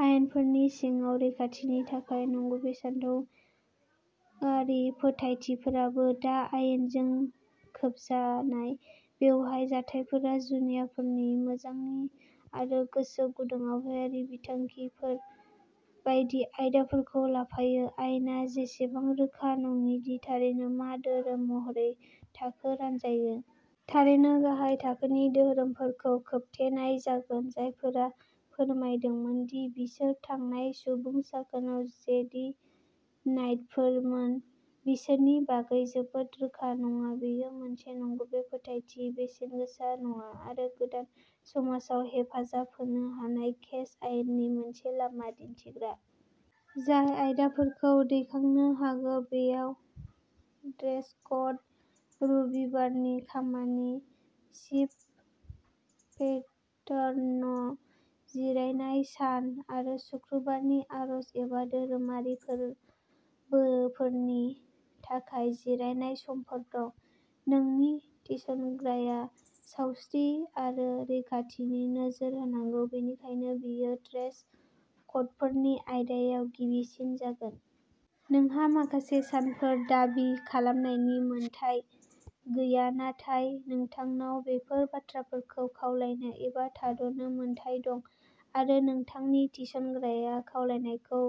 आयेनफोरनि सिङाव रैखाथिनि थाखाय। नंगुबै सानथौआरि फोथायथिफोराबो दा आयेनजों खोबजानाय। बेवहाय जाथायफोरा जुनारफोरनि मोजांनि आरो गोसो गुदुं आबहावायारि बिबुंथिफोर बायदि आयदाफोरखौ लाफायो। आयेनआ एसेबां रोखा नङा दि थारैनो मा धोरोम महरै थाखो रानजायो। थारैनो गाहाय थाखोनि धोरोमफोरखौ खोबथेनाय जागोन। जायफोरा फोरमायदोंमोन दि बिसोर थांनाय सुबुं सानखोआव जेदि नाइटफोरमोन, बिसोरनि बागै जोबोद रोखा नङा बेयो मोनसे नंगुबै फोथायथि, बेसेनगोसा नङा आरो गोदान समाजाव हेफाजाब होनो हानाय केस आयेननि मोनसे लामा दिन्थिग्रा। जाय आयदाफोरखौ दैखांनो हागौ बेयाव ड्रेस क'ड, रबिबारनि खामानि, सिफ्ट पेटार्न, जिरायनाय सान आरो शुक्रबारनि आरज एबा धोरोमारि फोरबोफोरनि थाखाय जिरायनाय समफोर दं। नोंनि थिसग्राया सावस्रि आरो रैखाथिखौ नोजोर होनांगौ, बेनिखायनो बेयो ड्रेस क'डफोरनि आयदायाव गिबिसिन जागोन। नोंहा माखासे सानफोर दाबि खालामनायनि मोन्थाइ गैया। नाथाय नोंथांनाव बेफोर बाथ्राफोरखौ खावलायनो एबा थाद'नो मोन्थाइ दं आरो नोंथांनि थिसनग्राया खावलायनायखौ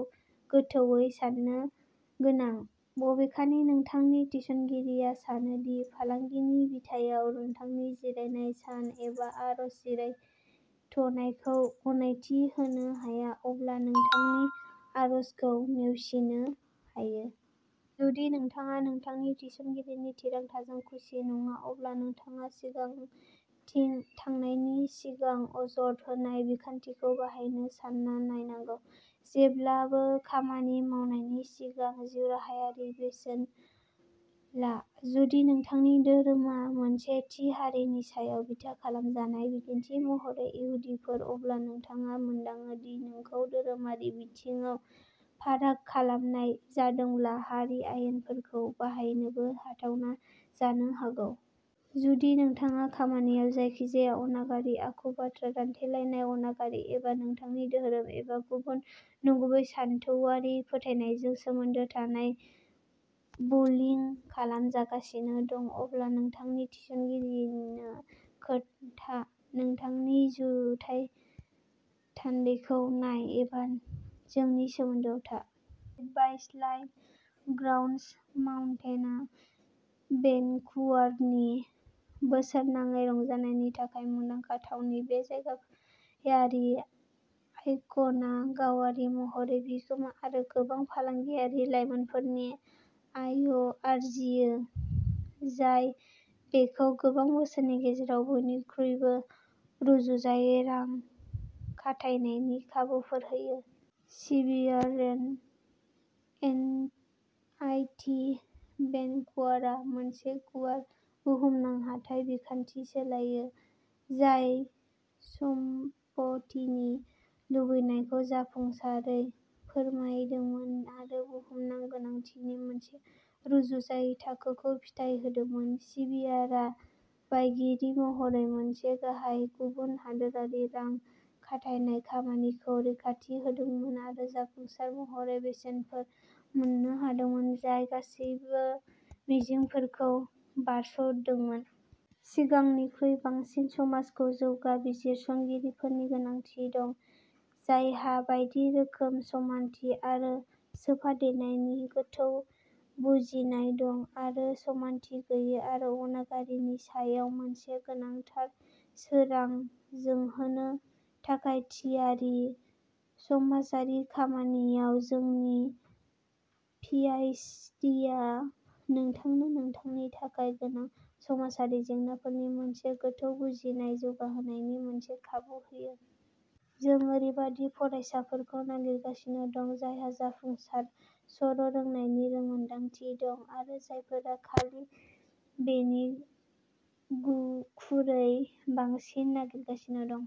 गोथौवै सान्नो गोनां। बबेखानि, नोंथांनि थिसनगिरिया सानो दि फालांगिनि बिथायाव नोंथांनि जिरायनाय सान एबा आर'ज जिरायथ'नायखौ गनायथि होनो हाया, अब्ला नोंथांनि आर'जखौ नेवसिनो हायो। जुदि नोंथाङा नोंथांनि थिसनगिरिनि थिरांथाजों खुसि नङा, अब्ला नोंथाङा सिगांथिं थांनायनि सिगां अजद होनाय बिखान्थिखौ बाहायनो सानना नायनांगौ। जेब्लाबो खामानि मावनायनि सिगां जिउराहायारि बोसोन ला। जुदि नोंथांनि धोरोमा मोनसे थि हारिनि सायाव बिथा खालामजानाय, बिदिन्थि महरै इहुदिफोर, अब्ला नोंथाङा मोनदाङो दि नोंथांखौ धोरोमारि बिथायाव फाराग खालामनाय जादोंब्ला हारि आयेनफोरखौ बाहायनोबो हाथावना जानो हागौ। जुदि नोंथाङा खामानियाव जायखिजाया अनागारि आखु, बाथ्रा दानथेलायनाय, अनागारि एबा नोंथांनि धोरोम एबा गुबुन नंगुबै सानथौआरि फोथायनायजों सोमोन्दो थानाय बुलिं खालामजागासिनो दं, अब्ला नोंथांनि थिसनगिरिनो खोन्था, नोंथांनि जुथाइ थान्दैखौ नाय एबा जोंनि सोमोन्दोआव था। Advice line. ग्राउस माउन्टेनआ भेनकुवरनि बोसोरनाङै रंजानायनि थाखाय मुंदांखा थावनि। बे जायगायारि आइक'ना गावारि महरै बिगोमा आरो गोबां फालांगियारि लाइनफोरनि आय आर्जियो, जाय बेखौ गोबां बोसोरनि गेजेराव बयनिख्रुइबो रुजुजायै रां खाथायनायनि खाबुफोर होयो। सिबिआरेन एनआइटि-भेनकुवरआ मोनसे गुवार बुहुमनां हाथाय बिखान्थि सालायो जाय सम्पथिनि लुबैनायखौ जाफुंसारै फोरमायदोंमोन आरो बुहुमनां गोनांथिनि मोनसे रुजुजायै थाखोखौ फिथाय होदोंमोन। सिबिआरआ बायगिरि महरै मोनसे गाहाय गुबुन हादोरारि रां खाथायनाय खामानिखौ रैखाथि होदोंमोन आरो जाफुंसार महरै बेसेनफोर मोन्नो हादोंमोन जाय गासैबो मिजिंफोरखौ बारस'दोंमोन। सिगांनिख्रुइ बांसिन, समाजखौ जौगा बिजिरसंगिरिफोरनि गोनांथि दं जायहा बायदि रोखोम, समानथि आरो सोफादेरनायनि गोथौ बुजिनाय दं आरो समानथि गैयै आरो अनागारिनि सायाव मोनसे गोनांथार सोरां जोंहोनो थाखाय थियारि। समाजारि खामानियाव जोंनि पियायचडिआ नोंथांनो नोंथांनि थाखाय गोनां समाजारि जेंनाफोरनि मोनसे गोथौ बुजिनाय जौगाहोनायनि मोनसे खाबु होयो। जों ओरैबायदि फरायसाफोरखौ नागिरगासिनो दं जायहा जाफुंसार सर'रोंनायनि रोंमोनदांथि दं आरो जायफोरा खालि बेनिगुखुरै बांसिन नागिरगासिनो दं।